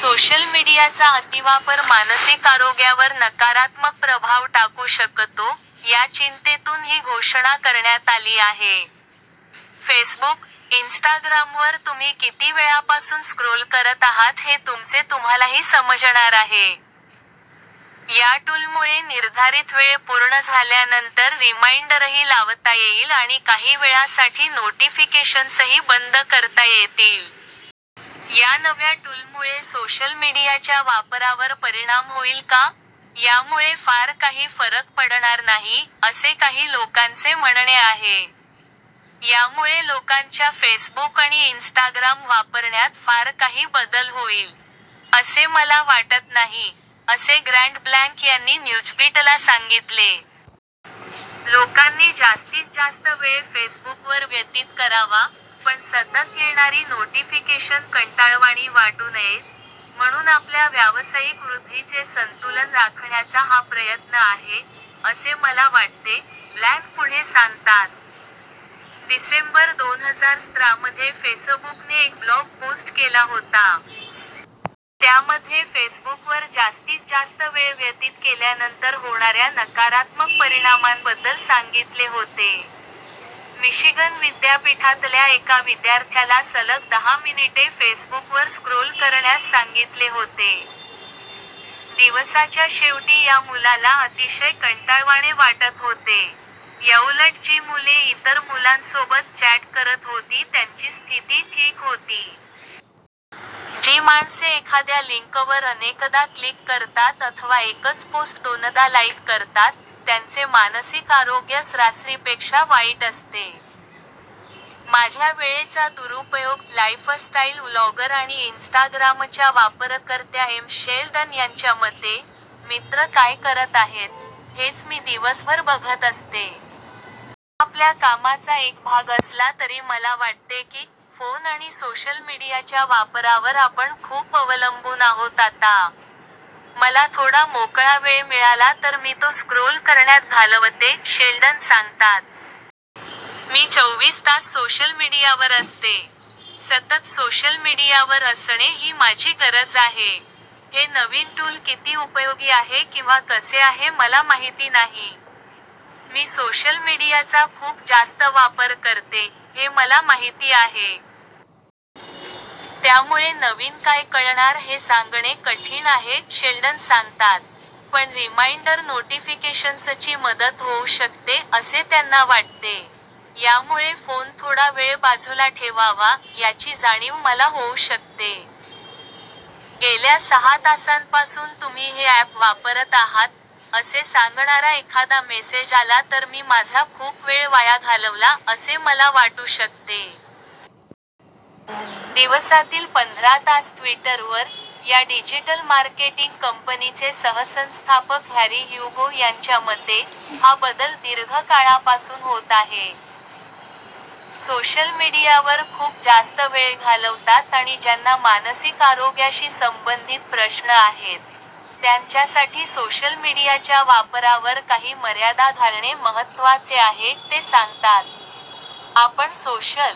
Social मीडियाचा अतिवापर मानसिक आरोग्यावर नकारात्मक प्रभाव टाकू शकतो, या चिंतेतून ही घोषणा करण्यात आली आहे. फेसबुक, इन्स्टाग्रामवर तुम्ही किती वेळापासून स्क्रोल करत आहात हे तुमचे तुम्हालाही समजणार आहे. या टूलमुळे निर्धारित वेळ पूर्ण झाल्यानंतर रिमाइंडरही लावता येईल आणि काही वेळासाठी नोटिफिकेशन्सही बंद करता येतील. या नव्या टूलमुळे सोशल मीडियाच्या वापरावर परिणाम होईल का? यामुळे फार काही फरक पडणार नाही, असे काही लोकांचे म्हणणे आहे. "यामुळे लोकांच्या फेसबुक आणि इन्स्टाग्राम वापरण्यात फार काही बदल होईल, असे मला वाटत नाही," असे ग्रँट ब्लँक यांनी न्यूजबीटला सांगितले. "लोकांनी जास्तीत जास्त वेळ फेसबुकवर व्यतीत करावा, पण सतत येणारी नोटिफिकेशन कंटाळवाणी वाटू नयेत, म्हणून आपल्या व्यावसायिक वृद्धीचे संतुलन राखण्याचा हा प्रयत्न आहे, असे मला वाटते," ब्लँक पुढे सांगतात. डिसेंबर दोन हजार सतरामध्ये फेसबुकने एक ब्लॉग पोस्ट केला होता. त्यामध्ये फेसबुकवर जास्तीत जास्त वेळ व्यतीत केल्यानंतर होणाऱ्या नकारात्मक परिणामांबद्दल सांगितले होते. मिशिगन विद्यापीठातल्या एका विद्यार्थ्याला सलग दहा मिनिटे फेसबुकवर स्क्रोल करण्यास सांगितले होते. दिवसाच्या शेवटी या मुलाला अतिशय कंटाळवाणे वाटत होते. याउलट जी मुले इतर मुलांसोबत चॅट करत होती त्यांची स्थिती ठीक होती. जी माणसे एखाद्या लिंकवर अनेकदा क्लिक करतात अथवा एकच पोस्ट दोनदा लाईक करतात, त्यांचे मानसिक आरोग्य सरासरीपेक्षा वाईट असते. 'माझ्या वेळेचा दुरुपयोग' - लाईफस्टाईल व्लॉगर आणि इन्स्टाग्रामच्या वापरकर्त्या एम. शेल्डन यांच्या मते, मित्र काय करत आहेत, हेच मी दिवसभर बघत असते. "हा आपल्या कामाचा एक भाग असला तरी मला वाटते की, फोन आणि सोशल मीडियाच्या वापरावर आपण खूप अवलंबून आहोत आता. मला थोडा मोकळा वेळ मिळाला तर मी तो स्क्रोल करण्यात घालवते," शेल्डन सांगतात. "मी चौवीस तास सोशल मीडियावर असते. सतत सोशल मीडियावर असणे ही माझी गरज आहे. हे नवीन टूल किती उपयोगी आहे किंवा कसे आहे मला माहिती नाही. मी सोशल मीडियाचा खूप जास्त वापर करते, हे मला माहिती आहे. त्यामुळे नवीन काय कळणार हे सांगणे कठीण आहे", शेल्डन सांगतात. "पण रिमाइंडर नोटिफिकेशन्सची मदत होऊ शकते", असे त्यांना वाटते. "यामुळे फोन थोडा वेळ बाजूला ठेवावा, याची जाणीव मला होऊ शकते. गेल्या सहा तासांपासून तुम्ही हे ॲप वापरत आहात, असे सांगणारा एखादा मेसेज आला तर मी माझा खूप वेळ वाया घालवला, असे मला वाटू शकते." 'दिवसातील पंधरा तास ट्विटरवर' - या डिजिटल मार्केटिंग कंपनीचे सहसंस्थापक हॅरी ह्युगो यांच्या मते, हा बदल दीर्घ काळापासून होत आहे. "सोशल मीडियावर खूप जास्त वेळ घालवतात आणि ज्यांना मानसिक आरोग्याशी संबंधित प्रश्न आहेत, त्यांच्यासाठी सोशल मीडियाच्या वापरावर काही मर्यादा घालणे महत्त्वाचे आहे", ते सांगतात. "आपण सोशल